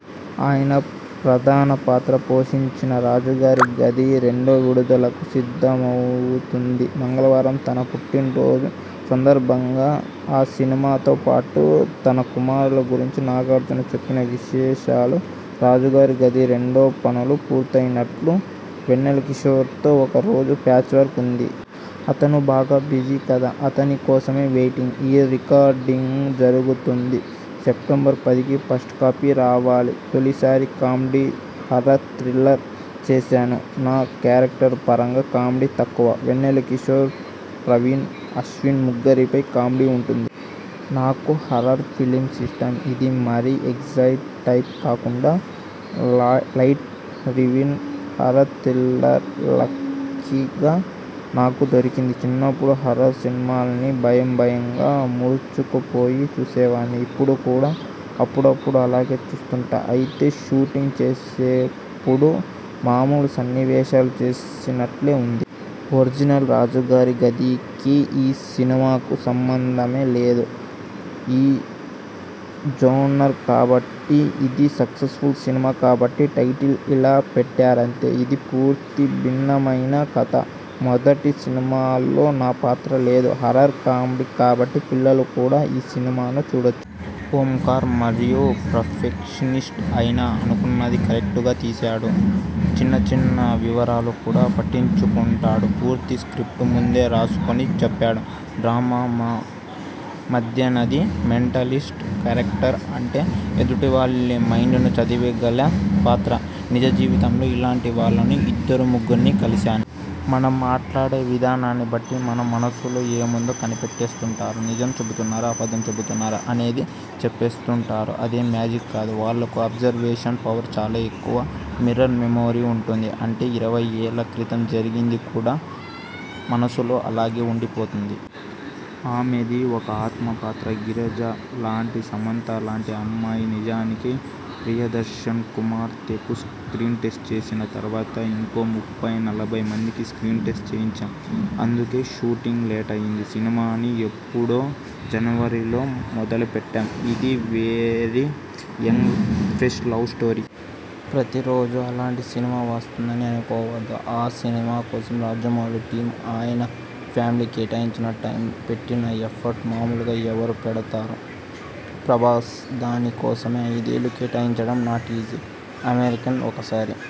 ఆయన ప్రధాన పాత్ర పోషించిన రాజుగారి గది రెండు విడుదలకు సిద్ధమవుతోంది. మంగళవారం తన పుట్టినరోజు సందర్భంగా ఆ సినిమాతో పాటు తన కుమారుల గురించి నాగార్జున చెప్పిన విశేషాలు రాజుగారి గది రెండో పనులు పూర్తయినట్లే. వెన్నెల కిశోర్తో ఒక్క రోజు ప్యాచ్వర్క్ ఉంది. అతను బాగా బిజీ కదా! అతని కోసమే వెయిటింగ్. రీ రికార్డింగ్ జరుగుతోంది. సెప్టెంబర్ పదికి ఫస్ట్ కాపీ రావాలి. తొలిసారి కామెడీ హారర్ థ్రిల్లర్ చేశాను. నా కేరక్టర్ పరంగా కామెడీ తక్కువ. వెన్నెల కిశోర్, ప్రవీణ్, అశ్విన్ ముగ్గరి పై కామెడీ ఉంటుంది. నాకు హారర్ ఫిలిమ్స్ ఇష్టం. ఇది మరీ 'ఎగ్జార్సిస్ట్' టైప్ కాకుండా, లైటర్వీన్ హారర్ థ్రిల్లర్ లక్కీ గా నాకు దొరికింది. చిన్నప్పుడు హారర్ సినిమాల్ని భయం భయంగా ముడుచుకుపోయి చూసేవాణ్ని. ఇప్పుడు కూడా అప్పుడప్పుడు అలాగే చూస్తుంటా. అయితే షూటింగ్ చేసేప్పుడు మామూలు సన్నివేశాలు చేసినట్లే ఉంది. ఒరిజినల్ 'రాజుగారి గది'కీ, ఈ సినిమాకూ సంబంధమే లేదు. ఈ జోనర్ కాబట్టి, అది సక్సెస్ఫుల్ సినిమా కాబట్టి.. టైటిల్ ఇలా పెట్టారంతే. ఇది పూర్తి భిన్నమైన కథ. మొదటి సినిమాలో నా పాత్ర లేదు. హారర్ కామెడీ కాబట్టి పిల్లలు కూడా ఈ సినిమాని చూడొచ్చు. ఓంకార్ మరీ పెర్ఫెక్షనిస్ట్. ఆయన అనుకున్నది కరెక్టుగా తీస్తాడు. చిన్న చిన్న వివరాలు కూడా పట్టించుకుంటాడు. పూర్తి స్ర్కిప్టు ముందే రాసుకొని చెప్పాడు. డ్రామా మా మధ్యేనాది మెంటలిస్ట్ కేరక్టర్. అంటే ఎదుటివాళ్ల మైండ్ను చదివేయగల పాత్ర. నిజ జీవితంలో ఇలాంటి వాళ్లను ఇద్దరు ముగ్గుర్ని కలిశాను. మనం మాట్లాడే విధానాన్ని బట్టి మన మనసులో ఏముందో కనిపెట్టేస్తుంటారు. నిజం చెబుతున్నారా, అబద్ధం చెబుతున్నారా అనేది చెప్పేస్తుంటారు. అదేమీ మ్యాజిక్ కాదు. వాళ్లకు అబ్జర్వేషన్ పవర్ చాలా ఎక్కువ. మిర్రర్ మెమరీ ఉంటుంది. అంటే ఇరవై ఏళ్ల క్రితం జరిగింది కూడా మనసులో అలాగే ఉండిపోతుంది. ఆమెది ఒక ఆత్మ పాత్ర. గిరిజ లాంటి సమంత లాంటి అమ్మాయి! నిజానికి ప్రియదర్శన్ కుమార్తెకు స్క్రీన్ టెస్ట్ చేసిన తర్వాత ఇంకో ముప్పై, నలభై మందికి స్క్రీన్ టెస్ట్ చేయించాం. అందుకే షూటింగ్ లేటయ్యింది. సినిమాని ఎప్పుడో జనవరి లో మొదలు పెట్టాం. ఇది very young fresh love story. ప్రతి రోజూ అలాంటి సినిమా వస్తుందని అనుకోవద్దు. ఆ సినిమా కోసం రాజమౌళి టీమ్, ఆయన ఫ్యామిలీ కేటాయించిన టైమ్, పెట్టిన ఎఫర్ట్ మామూలుగా ఎవరు పెడతారు! ప్రభాస్ దాని కోసమే ఐదేళ్లు కేటాయించడం నాట్ ఈజీ. అమీర్ఖాన్ ఒకసారి